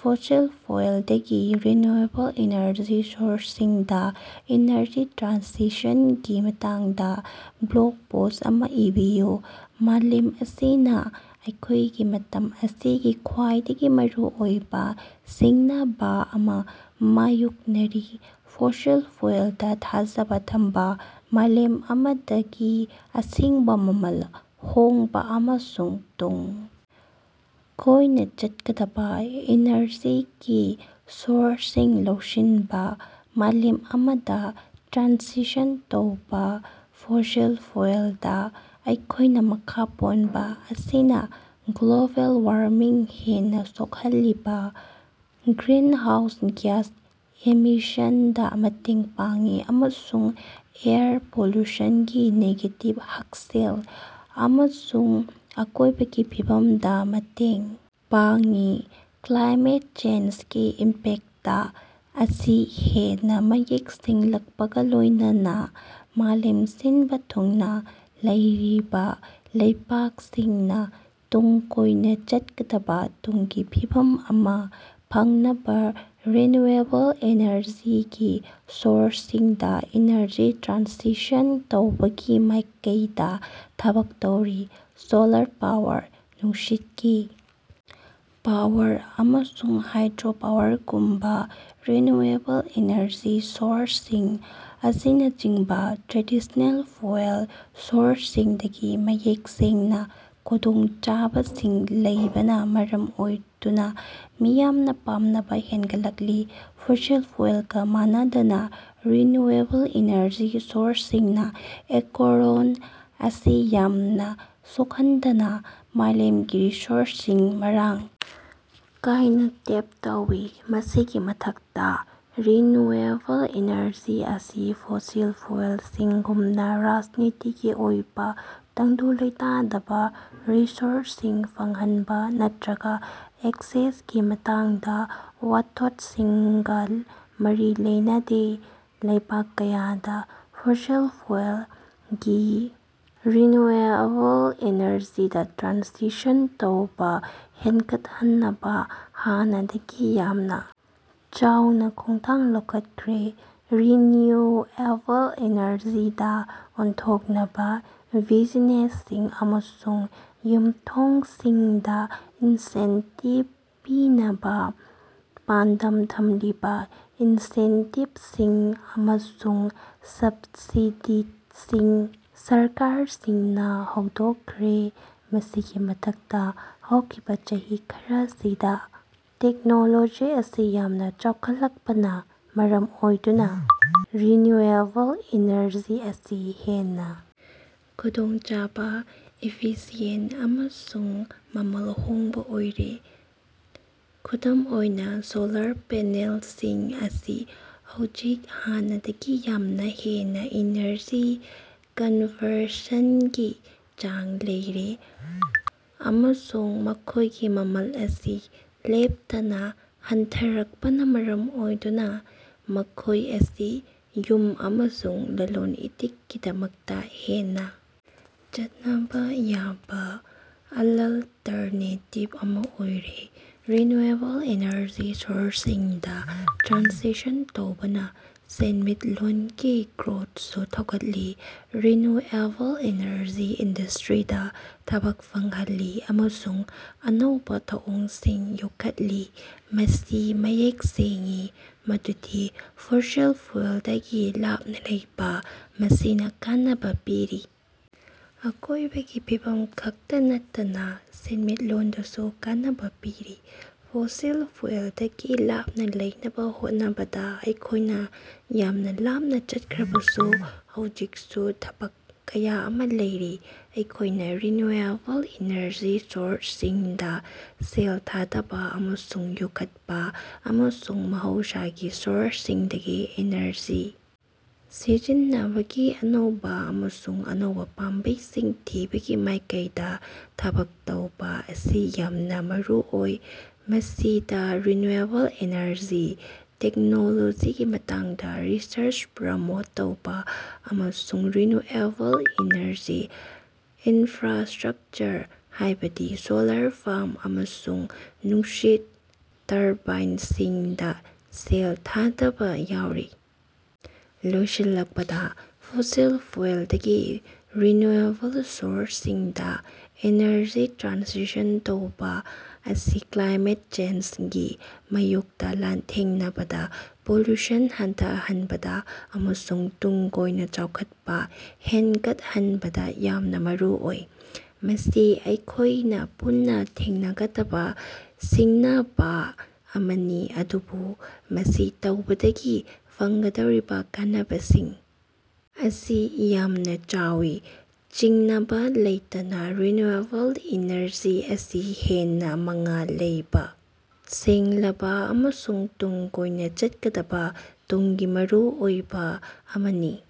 Fossil ꯐ꯭ꯌꯨꯦꯜꯗꯒꯤ renewable energy ꯁꯣꯔꯁꯁꯤꯡꯗ energy ꯇ꯭ꯔꯥꯟꯁꯤꯁꯟꯒꯤ ꯃꯇꯥꯡꯗ ꯕ꯭ꯂꯣꯒ ꯄꯣꯁ꯭ꯠ ꯑꯃ ꯏꯕꯤꯌꯨ꯫ ꯃꯥꯂꯦꯝ ꯑꯁꯤꯅ ꯑꯩꯈꯣꯏꯒꯤ ꯃꯇꯝ ꯑꯁꯤꯒꯤ ꯈ꯭ꯋꯥꯏꯗꯒꯤ ꯃꯔꯨꯑꯣꯏꯕ ꯁꯤꯡꯅꯕꯥ ꯑꯃ ꯃꯥꯌꯣꯛꯅꯔꯤ -ꯐꯣꯁꯤꯜ ꯐ꯭ꯌꯨꯦꯜꯗꯥ ꯊꯥꯖꯕ ꯊꯝꯕ ꯃꯥꯂꯦꯝ ꯑꯃꯗꯒꯤ ꯑꯁꯦꯡꯕ, ꯃꯃꯜ ꯍꯣꯡꯕ ꯑꯃꯁꯨꯡ ꯇꯨꯡ ꯀꯣꯏꯅ ꯆꯠꯀꯗꯕ‌ ꯏꯅꯔꯖꯤꯒꯤ ꯁꯣꯔꯁꯁꯤꯡ ꯂꯧꯁꯤꯟꯕ ꯃꯥꯂꯦꯝ ꯑꯃꯗ ꯇ꯭ꯔꯥꯟꯁꯤꯁꯟ ꯇꯧꯕ, ꯐꯣꯁꯤꯜ ꯐ꯭ꯌꯨꯦꯜꯗꯥ ꯑꯩꯈꯣꯏꯅ ꯃꯈꯥ ꯄꯣꯟꯕ ꯑꯁꯤꯅ ꯒ꯭ꯂꯣꯕꯦꯜ ꯋꯥꯔꯃꯤꯡ ꯍꯦꯟꯅ ꯁꯣꯛꯍꯜꯂꯤꯕ ꯒ꯭ꯔꯤꯟꯍꯥꯎꯁ ꯒ꯭ꯌꯥꯁ ꯏꯃꯤꯁꯟꯁꯤꯡꯗ ꯃꯇꯦꯡ ꯄꯥꯡꯏ ꯑꯃꯁꯨꯡ ꯑꯦꯌꯔ ꯄꯣꯂꯨꯁꯟꯒꯤ ꯅꯦꯒꯦꯇꯤꯕ ꯍꯛꯁꯦꯜ ꯑꯃꯁꯨꯡ ꯑꯀꯣꯏꯕꯒꯤ ꯐꯤꯕꯝꯗ ꯃꯇꯦꯡ ꯄꯥꯡꯏ꯫ ꯀ꯭ꯂꯥꯏꯃꯦꯠ ꯆꯦꯟꯖꯒꯤ ꯏꯝꯄꯦꯛꯇ ꯑꯁꯤ ꯍꯦꯟꯅ ꯃꯌꯦꯛ ꯁꯦꯡꯂꯛꯄꯒꯥ ꯂꯣꯏꯅꯅꯥ ꯃꯥꯂꯦꯝ ꯁꯤꯟꯕ ꯊꯨꯡꯅ ꯂꯩꯔꯤꯕ ꯂꯩꯕꯥꯛꯁꯤꯡꯅ ꯇꯨꯡ ꯀꯣꯏꯅ ꯆꯠꯀꯗꯕꯥ ꯇꯨꯡꯒꯤ ꯐꯤꯕꯝ ꯑꯃ ꯐꯪꯅꯕ ꯔꯤꯅ꯭ꯌꯨꯑꯦꯕꯜ ꯏꯅꯔꯖꯤꯒꯤ ꯁꯣꯔꯁꯁꯤꯡꯗ ꯏꯅꯔꯖꯤ ꯇ꯭ꯔꯥꯟꯁꯤꯁꯟ ꯇꯧꯕꯒꯤ ꯃꯥꯏꯀꯩꯗ ꯊꯕꯛ ꯇꯧꯔꯤ꯫ ꯁꯣꯂꯥꯔ ꯄꯥꯋꯔ, ꯅꯨꯡꯁꯤꯠꯀꯤ ꯄꯥꯋꯔ, ꯑꯃꯁꯨꯡ ꯍꯥꯏꯗ꯭ꯔꯣ ꯄꯥꯋꯔꯒꯨꯝꯕ ꯔꯤꯅ꯭ꯌꯨꯋꯦꯕꯜ ꯏꯅꯔꯖꯤ ꯁꯣꯔꯁꯁꯤꯡ ꯑꯁꯤꯅꯆꯤꯡꯕ ꯇ꯭ꯔꯦꯗꯤꯁ꯭ꯅꯦꯜ ꯐ꯭ꯌꯨꯦꯜ ꯁꯣꯔꯁꯁꯤꯡꯗꯒꯤ ꯃꯌꯦꯛ ꯁꯦꯡꯕ ꯈꯨꯗꯣꯡꯆꯥꯕꯁꯤꯡ ꯂꯩꯕꯅ ꯃꯔꯝ ꯑꯣꯏꯗꯨꯅ ꯃꯤꯌꯥꯝꯅ ꯄꯥꯝꯅꯕ ꯍꯦꯟꯒꯠꯂꯛꯂꯤ꯫ ꯐꯣꯁꯤꯜ ꯐ꯭ꯌꯨꯦꯜꯒꯥ ꯃꯥꯟꯅꯗꯅꯥ, ꯔꯤꯅ꯭ꯌꯨꯋꯦꯕꯜ ꯏꯅꯔꯖꯤ ꯁꯣꯔꯁꯁꯤꯡꯅ ꯑꯀꯣꯎꯔꯣꯟ ꯑꯁꯤ ꯌꯥꯝꯅ ꯁꯣꯛꯍꯟꯗꯅꯥ ꯃꯍꯧꯁꯥꯒꯤ ꯔꯤꯁꯣꯔꯁꯁꯤꯡ ꯃꯔꯥꯡ ꯀꯥꯏꯅ ꯇꯦꯞ ꯇꯧꯏ꯫ ꯃꯁꯤꯒꯤ ꯃꯊꯛꯇꯥ, ꯔꯤꯅ꯭ꯌꯨꯋꯦꯕꯜ ꯏꯅꯔꯖꯤ ꯑꯁꯤ ꯐꯣꯁꯤꯜ ꯐ꯭ꯌꯨꯦꯜꯁꯤꯡꯒꯨꯝꯅ ꯔꯥꯖꯅꯤꯇꯤꯒꯤ ꯑꯣꯏꯕ ꯇꯪꯗꯨ ꯂꯩꯇꯥꯗꯕꯥ, ꯔꯤꯁꯣꯔꯁꯁꯤꯡ ꯐꯪꯍꯟꯕ, ꯅꯠꯇꯔꯒ ꯑꯦꯛꯁꯦꯁꯀꯤ ꯃꯇꯥꯡꯗ ꯋꯥꯊꯣꯠꯁꯤꯡꯒ ꯃꯔꯤ ꯂꯩꯅꯗꯦ꯫ ꯂꯩꯕꯥꯛ ꯀꯌꯥꯗ ꯐꯣꯁꯤꯜ ꯐ꯭ꯌꯨꯦꯜꯒꯤ ꯔꯤꯅ꯭ꯌꯨꯑꯦꯕꯜ ꯏꯅꯔꯖꯤꯗ ꯇ꯭ꯔꯥꯟꯁꯤꯁꯟ ꯇꯧꯕ ꯍꯦꯟꯒꯠꯍꯟꯅꯕ ꯍꯥꯟꯅꯗꯒꯤ ꯌꯥꯝꯅ ꯆꯥꯎꯅ ꯈꯣꯡꯊꯥꯡ ꯂꯧꯈꯠꯈ꯭ꯔꯦ꯫ ꯔꯤꯅ꯭ꯌꯨꯑꯦꯕꯜ ꯏꯅꯔꯖꯤꯗꯥ ꯑꯣꯟꯊꯣꯛꯅꯕꯥ ꯕꯤꯖꯤꯅꯦꯁꯁꯤꯡ ꯑꯃꯁꯨꯡ ꯌꯨꯝꯊꯣꯡꯁꯤꯡꯗ ꯏꯟꯁꯦꯟꯇꯤꯕ ꯄꯤꯅꯕ ꯄꯥꯟꯗꯝ ꯊꯝꯂꯤꯕ ꯏꯟꯁꯦꯟꯇꯤꯕꯁꯤꯡ ꯑꯃꯁꯨꯡ ꯁꯕꯁꯤꯗꯤꯁꯤꯡ ꯁꯔꯀꯥꯔꯁꯤꯡꯅ ꯍꯧꯗꯣꯛꯈ꯭ꯔꯦ꯫ ꯃꯁꯤꯒꯤ ꯃꯊꯛꯇ, ꯍꯧꯈꯤꯕ ꯆꯍꯤ ꯈꯔꯁꯤꯗ ꯇꯦꯛꯅꯣꯂꯣꯖꯤ ꯑꯁꯤ ꯌꯥꯝꯅ ꯆꯥꯎꯈꯠꯂꯛꯄꯅꯥ ꯃꯔꯝ ꯑꯣꯏꯗꯨꯅ ꯔꯤꯅ꯭ꯌꯨꯋꯦꯕꯜ ꯏꯅꯔꯖꯤ ꯑꯁꯤ ꯍꯦꯟꯅ ꯈꯨꯗꯣꯡꯆꯥꯕ, ꯏꯐꯤꯁꯤꯌꯦꯟꯇ ꯑꯃꯁꯨꯡ ꯃꯃꯜ ꯍꯣꯡꯕ ꯑꯣꯏꯔꯦ꯫ ꯈꯨꯗꯝ ꯑꯣꯏꯅ, ꯁꯣꯂꯥꯔ ꯄꯦꯅꯦꯜꯁꯤꯡ ꯑꯁꯤ ꯍꯧꯖꯤꯛ ꯍꯥꯟꯅꯗꯒꯤ ꯌꯥꯝꯅ ꯍꯦꯟꯅ ꯏꯅꯔꯖꯤ ꯀꯟꯕꯔꯁꯟꯒꯤ ꯆꯥꯡ ꯂꯩꯔꯦ, ꯑꯃꯁꯨꯡ ꯃꯈꯣꯏꯒꯤ ꯃꯃꯜ ꯑꯁꯤ ꯂꯦꯞꯇꯅꯥ ꯍꯟꯊꯔꯛꯄꯅꯥ ꯃꯔꯝ ꯑꯣꯏꯗꯨꯅ ꯃꯈꯣꯏ ꯑꯁꯤ ꯌꯨꯝ ꯑꯃꯁꯨꯡ ꯂꯂꯣꯟ-ꯏꯇꯤꯛꯀꯤꯗꯃꯛꯇ ꯍꯦꯟꯅ ꯆꯠꯅꯕꯥ ꯌꯥꯕ ꯑꯂꯜꯇꯔꯅꯦꯇꯤꯕ ꯑꯃ ꯑꯣꯏꯔꯦ꯫ ꯔꯤꯅ꯭ꯌꯨꯋꯦꯕꯜ ꯏꯅꯔꯖꯤ ꯁꯣꯔꯁꯁꯤꯡꯗ ꯇ꯭ꯔꯥꯟꯁꯤꯁꯟ ꯇꯧꯕꯅ ꯁꯦꯟꯃꯤꯠꯂꯣꯟꯒꯤ ꯒ꯭ꯔꯣꯊꯁꯨ ꯊꯧꯒꯠꯂꯤ, ꯔꯤꯅ꯭ꯌꯨꯑꯦꯕꯜ ꯏꯅꯔꯖꯤ ꯏꯟꯗꯁꯇ꯭ꯔꯤꯗꯥ ꯊꯕꯛ ꯐꯪꯍꯜꯂꯤ, ꯑꯃꯁꯨꯡ ꯑꯅꯧꯕ ꯊꯧꯑꯣꯡꯁꯤꯡ ꯌꯣꯛꯈꯠꯂꯤ꯫ ꯃꯁꯤ ꯃꯌꯦꯛ ꯁꯦꯡꯏ ꯃꯗꯨꯗꯤ ꯐꯣꯁꯤꯜ ꯐ꯭ꯌꯨꯦꯜꯗꯒꯤ ꯂꯥꯞꯅꯥ ꯂꯩꯕ ꯑꯁꯤꯅ ꯀꯥꯟꯅꯕꯥ ꯄꯤꯔꯤ, ꯑꯀꯣꯏꯕꯒꯤ ꯐꯤꯕꯝ ꯈꯛꯇ ꯅꯠꯇꯅꯥ ꯁꯦꯟꯃꯤꯠꯂꯣꯟꯗꯁꯨ ꯀꯥꯟꯅꯕꯥ ꯄꯤꯔꯤ꯫ ꯐꯣꯁꯤꯜ ꯐ꯭ꯌꯨꯦꯜꯗꯒꯤ ꯂꯥꯞꯅ ꯂꯩꯅꯕ ꯍꯣꯠꯅꯕꯗꯥ ꯑꯩꯈꯣꯏꯅ ꯌꯥꯝꯅ ꯂꯥꯞꯅ ꯆꯠꯈ꯭ꯔꯕꯁꯨ, ꯍꯧꯖꯤꯛꯁꯨ ꯊꯕꯛ ꯀꯌꯥ ꯑꯃ ꯂꯩꯔꯤ꯫ ꯑꯩꯈꯣꯏꯅ ꯔꯤꯅ꯭ꯌꯨꯋꯦꯕꯜ ꯏꯅꯔꯖꯤ ꯁꯣꯔꯁꯁꯤꯡꯗ ꯁꯦꯜ ꯊꯥꯗꯕꯥ ꯑꯃꯁꯨꯡ ꯌꯣꯛꯈꯠꯄ, ꯑꯃꯁꯨꯡ ꯃꯍꯧꯁꯥꯒꯤ ꯁꯣꯔꯁꯁꯤꯡꯗꯒꯤ ꯏꯅꯔꯖꯤ ꯁꯤꯖꯤꯟꯅꯕꯒꯤ ꯑꯅꯧꯕ ꯑꯃꯁꯨꯡ ꯑꯅꯧꯕ ꯄꯥꯝꯕꯩꯁꯤꯡ ꯊꯤꯕꯒꯤ ꯃꯥꯏꯀꯩꯗ ꯊꯕꯛ ꯇꯧꯕ ꯑꯁꯤ ꯌꯥꯝꯅ ꯃꯔꯨꯑꯣꯏ꯫ ꯃꯁꯤꯗ ꯔꯤꯅ꯭ꯌꯨꯑꯦꯕꯜ ꯏꯅꯔꯖꯤ ꯇꯦꯛꯅꯣꯂꯣꯖꯤꯒꯤ ꯃꯇꯥꯡꯗ ꯔꯤꯁꯔꯆ ꯄ꯭ꯔꯃꯣꯠ ꯇꯧꯕ ꯑꯃꯁꯨꯡ ꯔꯤꯅ꯭ꯌꯨꯑꯦꯕꯜ ꯏꯅꯔꯖꯤ ꯏꯟꯐ꯭ꯔꯥꯁ꯭ꯇꯔꯛꯆꯔ, ꯍꯥꯏꯕꯗꯤ ꯁꯣꯂꯔ ꯐꯥꯔꯝ ꯑꯃꯁꯨꯡ ꯅꯨꯡꯁꯤꯠ ꯇꯔꯕꯥꯏꯟꯁꯤꯡꯗ ꯁꯦꯜ ꯊꯥꯗꯕꯥ ꯌꯥꯎꯔꯤ꯫ ꯂꯣꯏꯁꯤꯜꯂꯛꯄꯗꯥ, ꯐꯣꯁꯤꯜ ꯐ꯭ꯌꯨꯦꯜꯗꯒꯤ ꯔꯤꯅ꯭ꯌꯨꯋꯦꯕꯜ ꯁꯣꯔꯁꯁꯤꯡꯗ ꯏꯅꯔꯖꯤ ꯇ꯭ꯔꯥꯟꯁꯤꯁꯟ ꯇꯧꯕ ꯑꯁꯤ ꯀ꯭ꯂꯥꯏꯃꯦꯠ ꯆꯦꯟꯖꯒꯤ ꯃꯥꯌꯣꯛꯇ ꯂꯥꯟꯊꯦꯡꯅꯕꯗꯥ, ꯄꯣꯂꯨꯁꯟ ꯍꯟꯊꯍꯟꯕꯗ ꯑꯃꯁꯨꯡ ꯇꯨꯡ ꯀꯣꯏꯅ ꯆꯥꯎꯈꯠꯄ ꯍꯦꯟꯒꯠꯍꯟꯕꯗ ꯌꯥꯝꯅ ꯃꯔꯨꯑꯣꯏ꯫ ꯃꯁꯤ ꯑꯩꯈꯣꯏꯅ ꯄꯨꯟꯅ ꯊꯦꯡꯅꯒꯗꯕ ꯁꯤꯡꯅꯕꯥ ꯑꯃꯅꯤ, ꯑꯗꯨꯕꯨ ꯃꯁꯤ ꯇꯧꯕꯗꯒꯤ ꯐꯪꯒꯗꯧꯔꯤꯕ ꯀꯥꯟꯅꯕꯁꯤꯡ ꯑꯁꯤ ꯌꯥꯝꯅ ꯆꯥꯎꯏ꯫ ꯆꯤꯡꯅꯕ ꯂꯩꯇꯅꯥ, ꯔꯤꯅ꯭ꯌꯨꯋꯦꯕꯜ ꯏꯅꯔꯖꯤ ꯑꯁꯤ ꯍꯦꯟꯅ ꯃꯉꯥꯜ ꯂꯩꯕ, ꯁꯦꯡꯂꯕꯥ ꯑꯃꯁꯨꯡ ꯇꯨꯡ ꯀꯣꯏꯅ ꯆꯠꯀꯗꯕꯥ ꯇꯨꯡꯒꯤ ꯃꯔꯨꯑꯣꯏꯕ ꯑꯃꯅꯤ꯫